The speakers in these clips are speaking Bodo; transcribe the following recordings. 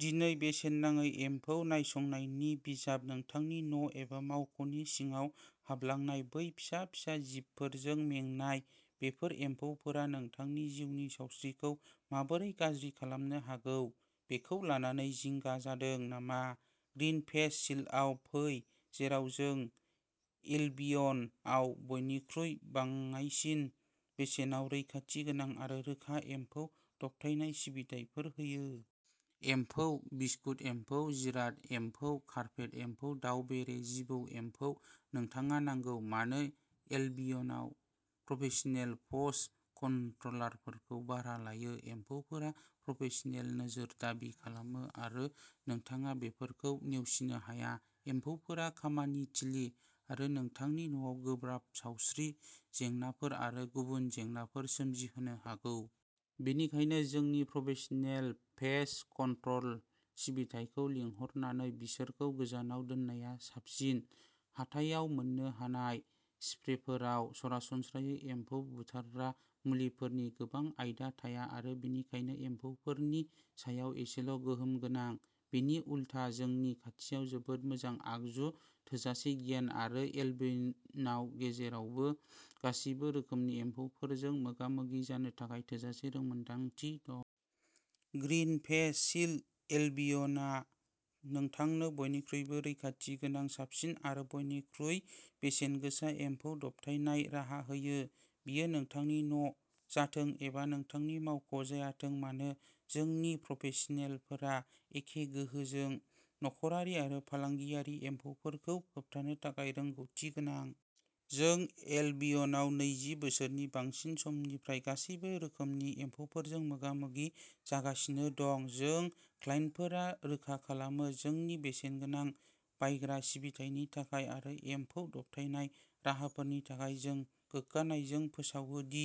दिनै बेसेन नाङै एम्फौ नायसंनायनि बिजाब नोंथांनि न' एबा मावख'नि सिङाव हाबलांनाय बै फिसा फिसा जिबफोरजों मेंनाय, बेफोर एम्फौफोरा नोंथांनि जिउनि सावस्रिखौ माबोरै गाज्रि खालामनो हागौ बेखौ लानानै जिंगा जादों नामा? ग्रीन पेस्ट शील्डआव फै जेराव जों एल्बियनआव बयनिख्रुइ बाङाइसिन बेसेनाव रैखाथि गोनां आरो रोखा एम्फौ दबथायनाय सिबिथाइफोर होयो। एमफौ, बिस्कुट एम्फौ, जिराद, एम्फौ, कार्पेट एम्फौ, दाउ, बेरे, जिबौ, एम्फौ नोंथाङा नांगौ। मानो एल्बियनाव प्रफेशनेल पेस्ट कन्ट्र'लारफोरखौ भारा लायो? एम्फौफोरा प्रफेशनेल नोजोर दाबि खालामो आरो नोंथाङा बेफोरखौ नेवसिनो हाया। एम्फौफोरा खामानि थिलि आरो नोंथांनि न'आव गोब्राब सावस्रि जेंनाफोर आरो गुबुन जेंनाफोर सोमजिहोनो हागौ। बेनिखायनो जोंनि प्रफेशनेल पेस्ट कन्ट्र'ल सिबिथाइखौ लिंहरनानै बिसोरखौ गोजानाव दोननाया साबसिन। हाथायाव मोन्नो हानाय स्प्रेफोराव सरासनस्रायै एम्फौ बुथारग्रा मुलिफोरनि गोबां आयदा थाया आरो बेनिखायनो एम्फौफोरनि सायाव एसेल' गोहोम गोनां। बिनि उलथा, जोंनि खाथियाव जोबोद मोजां आगजु, थोजासे गियान आरो एल्बियनाव जेरावबो गासैबो रोखोमनि एम्फौफोरजों मोगा-मोगि जानो थाखाय थोजासे रोंमोन्दांथि दं। ग्रीन पेस्ट शील्ड एल्बियना नोंथांनो बयनिख्रुइबो रैखाथि गोनां, साबसिन आरो बयनिख्रुइ बेसेनगोसा एम्फौ दबथायनाय राहा होयो। बेयो नोंथांनि न' जाथों एबा नोंथांनि मावख' जायाथों मानो, जोंनि प्रफेशनेलफोरा एखे गोहोजों नखरारि आरो फालांगियारि एम्फौफोरखौ होबथानो थाखाय रोंग'थि गोनां। जों एल्बियनाव नैजि बोसोरनि बांसिन समनिफ्राय गासैबो रोखोमनि एम्फौफोरजों मोगा-मोगि जागासिनो दं। जों क्लाइन्टफोरा रोखा खालामो। जोंनि बेसेनगोनां बायग्रा सिबिथायनि थाखाय आरो एम्फौ दबथायनाय राहाफोरनि थाखाय। जों गोग्गानायजों फोसावो दि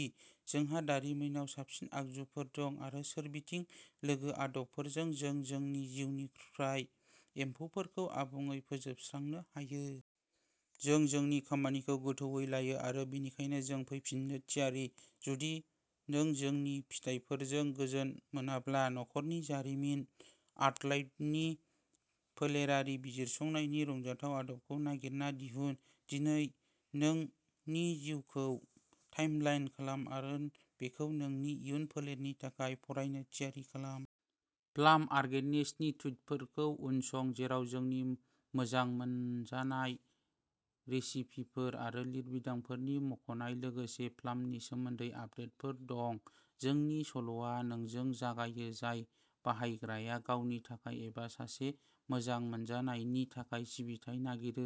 जोंहा दारिमिनाव साबसिन आगजुफोर दं आरो सोरबिथिं लोगो आदबफोरजों जों नोंनि जिउनिफ्राय एम्फौफोरखौ आबुङै फोजोबस्रांनो हायो। जों जोंनि खामानिखौ गोथौवै लायो आरो बेनिखायनो जों फैफिननो थियारि, जुदि नों जोंनि फिथायफोरजों गोजोन मोनाब्ला। नखरनि जारिमिन आर्कालाइफनि फोलेरारि बिजिरसंनायनि रंजाथाव आदबखौ नागिरना दिहुन। दिनै नोंनि जिउखौ टाइमलाइन खालाम आरो बेखौ नोंनि इयुन फोलेरफोरनि थाखाय फरायनो थियारि खालाम। प्लाम अर्गेनिक्सनि टुइटफोरखौ उनसं, जेराव जोंनि मोजां मोनजानाय रेसिपिफोर आरो लिरबिदांफोरनि मुंख'नाय लोगोसे प्लामनि सोमोन्दै आपडेटफोर दं। जोंनि सल'आ नोंजों जागायो, जाय बाहायग्राया गावनि थाखाय एबा सासे मोजां मोनजानायनि थाखाय सिबिथाइ नागिरो।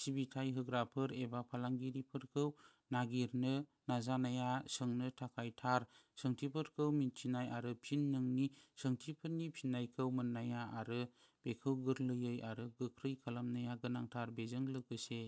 सिबिथाइ होग्राफोर एबा फालांगिफोरखौ नागिरनो नाजानाया, सोंनो थाखाय थार सोंथिफोरखौ मिन्थिनाय आरो फिन नोंनि सोंथिफोरनि फिननायखौ मोननाया आरो बेखौ गोरलैयै आरो गोख्रै खालामनाया गोनांथार। बेजों लोगोसे